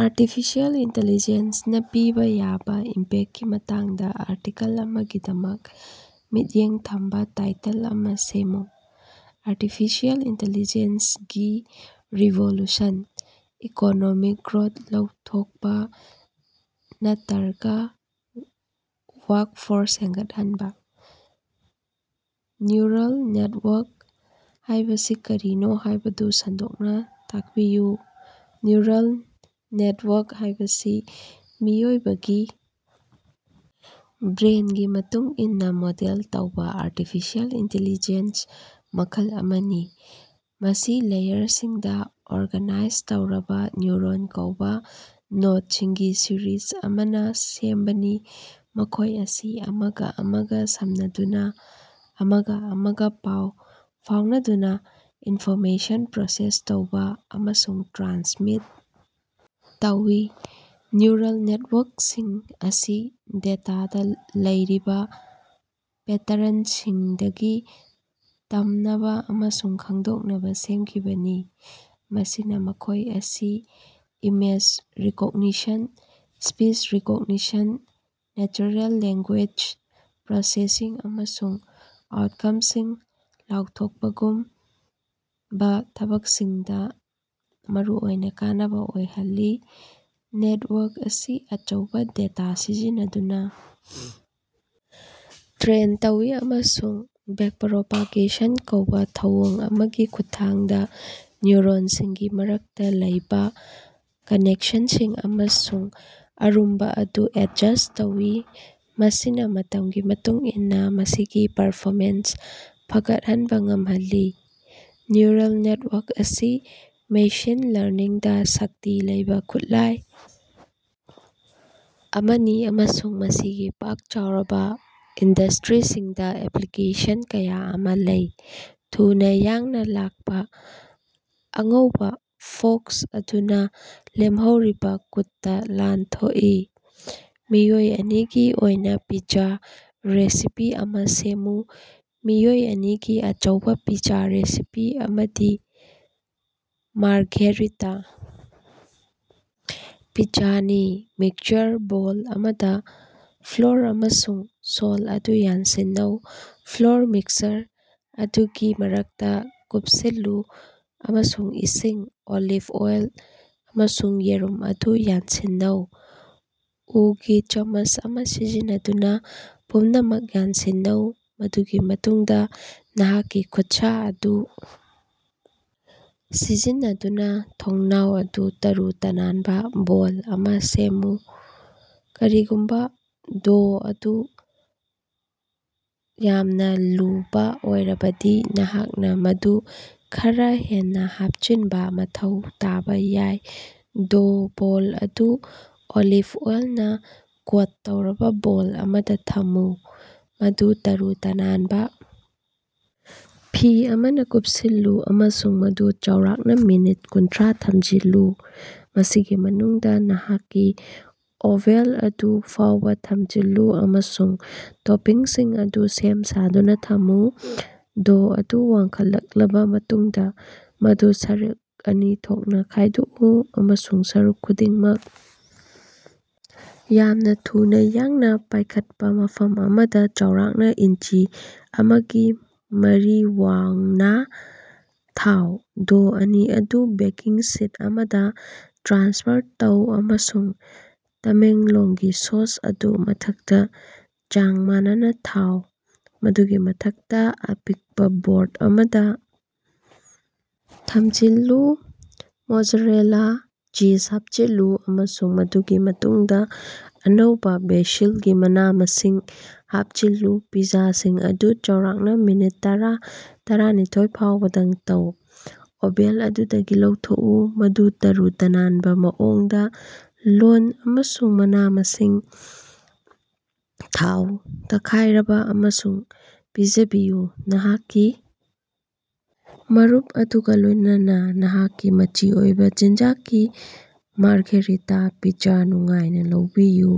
Artificial ꯏꯟꯇ‌ꯦꯂꯤꯖ‌ꯦꯟꯁꯅ ꯄꯤꯕ ꯌꯥꯕ ꯏꯝꯄꯦꯛꯀꯤ ꯃꯇꯥꯡꯗ ꯑꯥꯔꯇꯤꯀꯜ ꯑꯃꯒꯤꯗꯃꯛ ꯃꯤꯠꯌꯦꯡ ꯊꯝꯕꯥ ꯇꯥꯏꯇꯜ ꯑꯃ ꯁꯦꯝꯃꯨ꯫ ꯑꯥꯔꯇꯤꯐꯤꯁꯤꯑꯦꯜ ꯏꯟꯇ‌ꯦꯂꯤꯖ‌ꯦꯟꯁꯒꯤ ꯔꯤꯚꯣꯂꯨꯁꯟ: ꯏꯀꯣꯅꯣꯃꯤꯛ ꯒ꯭ꯔꯣꯠ ꯂꯧꯊꯣꯛꯄ ꯅꯠꯇꯔꯒ ꯋꯥꯔꯛꯐꯣꯔꯁ ꯍꯦꯟꯒꯠꯍꯟꯕ꯫ ꯅ꯭ꯌꯨꯔꯜ ꯅꯦꯇꯋꯥꯔꯛ ꯍꯥꯏꯕꯁꯤ ꯀꯔꯤꯅꯣ ꯍꯥꯏꯕꯗꯨ ꯁꯟꯗꯣꯛꯅ ꯇꯥꯛꯄꯤꯌꯨ꯫ ꯅ꯭ꯌꯨꯔꯜ ꯅꯦꯇꯋꯥꯔꯛ ꯍꯥꯏꯕꯁꯤ ꯃꯤꯑꯣꯏꯕꯒꯤ ꯕ꯭ꯔꯦꯟꯒꯤ ꯃꯇꯨꯡ ꯏꯟꯅ ꯃꯣꯗꯦꯜ ꯇꯧꯕ ꯑꯥꯔꯇꯤꯐꯤꯁꯤꯑꯦꯜ ꯏꯟꯇꯦꯂꯤꯖꯦꯟꯁ ꯃꯈꯜ ꯑꯃꯅꯤ꯫ ꯃꯁꯤ ꯂꯦꯌꯔꯁꯤꯡꯗ ꯑꯣꯔꯒꯥꯅꯥꯏꯖ ꯇꯧꯔꯕ ꯅ꯭ꯌꯨꯔꯣꯟ ꯀꯧꯕ ꯅꯣꯗꯁꯤꯡꯒꯤ ꯁꯤꯔꯤꯖ ꯑꯃꯅ ꯁꯦꯝꯕꯅꯤ, ꯃꯈꯣꯏ ꯑꯁꯤ ꯑꯃꯒ ꯑꯃꯒ ꯁꯝꯅꯗꯨꯅ ꯑꯃꯒ ꯑꯃꯒ ꯄꯥꯎ ꯐꯥꯎꯅꯗꯨꯅ ꯏꯟꯐꯣꯔꯃꯦꯁꯟ ꯄ꯭ꯔꯣꯁꯦꯁ ꯇꯧꯕ ꯑꯃꯁꯨꯡ ꯇ꯭ꯔꯥꯟꯁꯃꯤꯠ ꯇꯧꯏ꯫ ꯅ꯭ꯌꯨꯔꯜ ꯅꯦꯇꯋꯥꯔꯛꯁꯤꯡ ꯑꯁꯤ ꯗꯦꯇꯥꯗ ꯂꯩꯔꯤꯕ ꯄꯦꯇꯔꯟꯁꯤꯡꯗꯒꯤ ꯇꯝꯅꯕ ꯑꯃꯁꯨꯡ ꯈꯪꯗꯣꯛꯅꯕ ꯁꯦꯝꯈꯤꯕꯅꯤ, ꯃꯁꯤꯅ ꯃꯈꯣꯏ ꯑꯁꯤ image recognition, speech recognition, natural language processing, ꯑꯃꯁꯨꯡ ꯑꯥꯎꯠꯀꯝꯁꯤꯡ ꯂꯥꯎꯊꯣꯛꯄꯒꯨꯝꯕ ꯊꯕꯛꯁꯤꯡꯗ ꯃꯔꯨꯑꯣꯏꯅ ꯀꯥꯟꯅꯕ ꯑꯣꯏꯍꯜꯂꯤ꯫ ꯅꯦꯇꯋꯥꯔꯛ ꯑꯁꯤ ꯑꯆꯧꯕ ꯗꯦꯇꯥ ꯁꯤꯖꯤꯟꯅꯗꯨꯅ ꯇ꯭ꯔꯦꯟ ꯇꯧꯏ ꯑꯃꯁꯨꯡ ꯕꯦꯛꯄꯔꯣꯄꯥꯒꯦꯁꯟ ꯀꯧꯕ ꯊꯧꯑꯣꯡ ꯑꯃꯒꯤ ꯈꯨꯠꯊꯥꯡꯗ ꯅ꯭ꯌꯨꯔꯣꯟꯁꯤꯡꯒꯤ ꯃꯔꯛꯇ ꯂꯩꯕꯥ ꯀꯅꯦꯛꯁꯟꯁꯤꯡ ꯑꯃꯁꯨꯡ ꯑꯔꯨꯝꯕ ꯑꯗꯨ ꯑꯦꯗꯖꯁ꯭ꯠ ꯇꯧꯏ, ꯃꯁꯤꯅ ꯃꯇꯝꯒꯤ ꯃꯇꯨꯡ ꯏꯟꯅ ꯃꯁꯤꯒꯤ ꯄꯔꯐꯣꯃꯦꯟꯁ ꯐꯒꯠꯍꯟꯕ ꯉꯝꯍꯜꯂꯤ꯫ ꯅ꯭ꯌꯨꯔꯜ ꯅꯦꯇꯋꯥꯔꯛ ꯑꯁꯤ ꯃꯦꯁꯤꯟ ꯂꯔꯅꯤꯡꯗ ꯁꯛꯇꯤ ꯂꯩꯕ ꯈꯨꯠꯂꯥꯏ ꯑꯃꯅꯤ ꯑꯃꯁꯨꯡ ꯃꯁꯤꯒꯤ ꯄꯥꯛ ꯆꯥꯎꯔꯕ ꯏꯟꯗꯁꯇ꯭ꯔꯤꯁꯤꯡꯗ ꯑꯦꯄ꯭ꯂꯤꯀꯦꯁꯟ ꯀꯌꯥ ꯑꯃ ꯂꯩ꯫ ꯊꯨꯅ ꯌꯥꯡꯅ ꯂꯥꯛꯄ ꯑꯉꯧꯕ ꯐꯣꯛꯁ ꯑꯗꯨꯅ ꯂꯦꯝꯍꯧꯔꯤꯕ ꯀꯨꯠꯇ ꯂꯥꯟꯊꯣꯛꯏ꯫ ꯃꯤꯑꯣꯏ ꯑꯅꯤꯒꯤ ꯑꯣꯏꯅ ꯄꯤꯖꯥ ꯔꯦꯁꯤꯄꯤ ꯑꯃꯥ ꯁꯦꯝꯃꯨ꯫ ꯃꯤꯑꯣꯏ ꯑꯅꯤꯒꯤ ꯑꯆꯧꯕ ꯄꯤꯖꯥ ꯔꯦꯁꯤꯄꯤ ꯑꯃꯗꯤ ꯃꯥꯔꯘꯦꯔꯤꯇꯥ ꯄꯤꯖꯥꯅꯤ꯫ ꯃꯤꯛꯁꯆꯔ ꯕꯣꯜ ꯑꯃꯗ, ꯐ꯭ꯂꯣꯔ ꯑꯃꯁꯨꯡ ꯁꯣꯜ ꯑꯗꯨ ꯌꯥꯟꯁꯤꯟꯅꯧ꯫ ꯐ꯭ꯂꯣꯔ ꯃꯤꯛꯁꯆꯔ ꯑꯗꯨꯒꯤ ꯃꯔꯛꯇ ꯀꯨꯞꯁꯤꯜꯂꯨ ꯑꯃꯁꯨꯡ ꯏꯁꯤꯡ, ꯑꯣꯂꯤꯚ ꯑꯣꯏꯜ ꯑꯃꯁꯨꯡ ꯌꯦꯔꯨꯝ ꯑꯗꯨ ꯌꯥꯟꯁꯤꯟꯅꯧ꯫ ꯎꯒꯤ ꯆꯃꯁ ꯑꯃꯥ ꯁꯤꯖꯤꯟꯅꯗꯨꯅ ꯄꯨꯝꯅꯃꯛ ꯌꯥꯟꯁꯤꯟꯅꯧ, ꯃꯗꯨꯒꯤ ꯃꯇꯨꯡꯗ ꯅꯍꯥꯛꯀꯤ ꯈꯨꯠꯁꯥ ꯑꯗꯨ ꯁꯤꯖꯤꯟꯅꯗꯨꯅ ꯊꯣꯡꯅꯥꯎ ꯑꯗꯨ ꯇꯔꯨ-ꯇꯅꯥꯟꯕ ꯕꯣꯜ ꯑꯃꯥ ꯁꯦꯝꯃꯨ꯫ ꯀꯔꯤꯒꯨꯝꯕ ꯗꯣꯎ ꯑꯗꯨ ꯌꯥꯝꯅ ꯂꯨꯕꯥ ꯑꯣꯏꯔꯕꯗꯤ ꯅꯍꯥꯛꯅꯥ ꯃꯗꯨ ꯈꯔꯥ ꯍꯦꯟꯅꯥ ꯍꯥꯞꯆꯤꯟꯕꯥ ꯃꯊꯧ ꯇꯥꯕ ꯌꯥꯏ꯫ ꯗꯣꯎ ꯕꯣꯜ ꯑꯗꯨ ꯑꯣꯂꯤꯚ ꯑꯣꯏꯜꯅ ꯀꯣꯠ ꯇꯧꯔꯕ ꯕꯣꯜ ꯑꯃꯗ ꯊꯝꯃꯨ, ꯃꯗꯨ ꯇꯔꯨ-ꯇꯅꯥꯟꯕꯥ ꯐꯤ ꯑꯃꯅ ꯀꯨꯞꯁꯤꯜꯂꯨ, ꯑꯃꯁꯨꯡ ꯃꯗꯨ ꯆꯥꯎꯔꯥꯛꯅ ꯃꯤꯅꯤꯠ ꯀꯨꯟꯊ꯭ꯔꯥ ꯊꯝꯖꯤꯜꯂꯨ꯫ ꯃꯁꯤꯒꯤ ꯃꯅꯨꯡꯗ, ꯅꯍꯥꯛꯀꯤ ꯑꯣꯚ‌ꯦꯜ ꯑꯗꯨ ꯐꯥꯎꯕ ꯊꯝꯖꯤꯜꯂꯨ ꯑꯃꯁꯨꯡ ꯇꯣꯄꯤꯡꯁꯤꯡ ꯑꯗꯨ ꯁꯦꯝ-ꯁꯥꯗꯨꯅ ꯊꯝꯃꯨ꯫ ꯗꯣ ꯑꯗꯨ ꯋꯥꯡꯈꯠꯂꯛꯂꯕ ꯃꯇꯨꯡꯗ, ꯃꯗꯨ ꯁꯔꯨꯛ ꯑꯅꯤ ꯊꯣꯛꯅ ꯈꯥꯏꯗꯣꯛꯎ ꯑꯃꯁꯨꯡ ꯁꯔꯨꯛ ꯈꯨꯗꯤꯡꯃꯛ ꯌꯥꯝꯅ ꯊꯨꯅ ꯌꯥꯡꯅ ꯄꯥꯏꯈꯠꯄ ꯃꯐꯝ ꯑꯃꯗ ꯆꯥꯎꯔꯥꯛꯅ ꯏꯟꯆꯤ ꯑꯃꯒ ꯃꯔꯤ ꯋꯥꯡꯅꯥ ꯊꯥꯎ꯫ ꯗꯣ ꯑꯅꯤ ꯑꯗꯨ ꯕꯦꯀꯤꯡ ꯁꯤꯠ ꯑꯃꯗꯥ ꯇ꯭ꯔꯥꯟꯁꯐꯔ ꯇꯧ ꯑꯃꯁꯨꯡ ꯇꯃꯦꯡꯂꯣꯡꯒꯤ ꯁ‌ꯣꯁ ꯑꯗꯨ ꯃꯊꯛꯇ ꯆꯥꯡ ꯃꯥꯟꯅꯅꯥ ꯊꯥꯎ, ꯃꯗꯨꯒꯤ ꯃꯊꯛꯇ ꯑꯄꯤꯛꯄ ꯕꯣꯔ꯭ꯠ ꯑꯃꯗ ꯊꯝꯖꯤꯜꯂꯨ꯫ ꯃꯣꯖꯥꯔꯦꯂꯥ ꯆꯤꯖ ꯍꯥꯞꯆꯤꯜꯂꯨ, ꯑꯃꯁꯨꯡ ꯃꯗꯨꯒꯤ ꯃꯇꯨꯡꯗ ꯑꯅꯧꯕ ꯕꯦꯁꯤꯜꯒꯤ ꯃꯅꯥ-ꯃꯁꯤꯡ ꯍꯥꯞꯆꯤꯜꯂꯨ꯫ ꯄꯤꯖꯥꯁꯤꯡ ꯑꯗꯨ ꯆꯥꯎꯔꯥꯛꯅ ꯃꯤꯅꯠ ꯇꯔꯥ ꯇꯔꯥꯅꯤꯊ‌ꯣꯏ ꯐꯥꯎꯕꯗꯪ ꯇꯧ꯫ ꯑꯣꯕ‌ꯦꯜ ꯑꯗꯨꯗꯒꯤ ꯂꯧꯊꯣꯛꯎ, ꯃꯗꯨ ꯇꯔꯨ-ꯇꯅꯥꯟꯕ ꯃꯑꯣꯡꯗ ꯂꯣꯟ ꯑꯃꯁꯨꯡ ꯃꯅꯥ-ꯃꯁꯤꯡ ꯊꯥꯎ, ꯇꯛꯈꯥꯏꯔꯕ ꯑꯃꯁꯨꯡ ꯄꯤꯖꯕꯤꯌꯨ꯫ ꯅꯍꯥꯛꯀꯤ ꯃꯔꯨꯞ ꯑꯗꯨꯒ ꯂꯣꯏꯅꯅ ꯅꯍꯥꯛꯀꯤ ꯃꯆꯤ ꯑꯣꯏꯕ ꯆꯤꯟꯖꯥꯛꯀꯤ ꯃꯥꯔꯘꯦꯔꯤꯇꯥ ꯄꯤꯖꯥ ꯅꯨꯡꯉꯥꯏꯅ ꯂꯧꯕꯤꯌꯨ꯫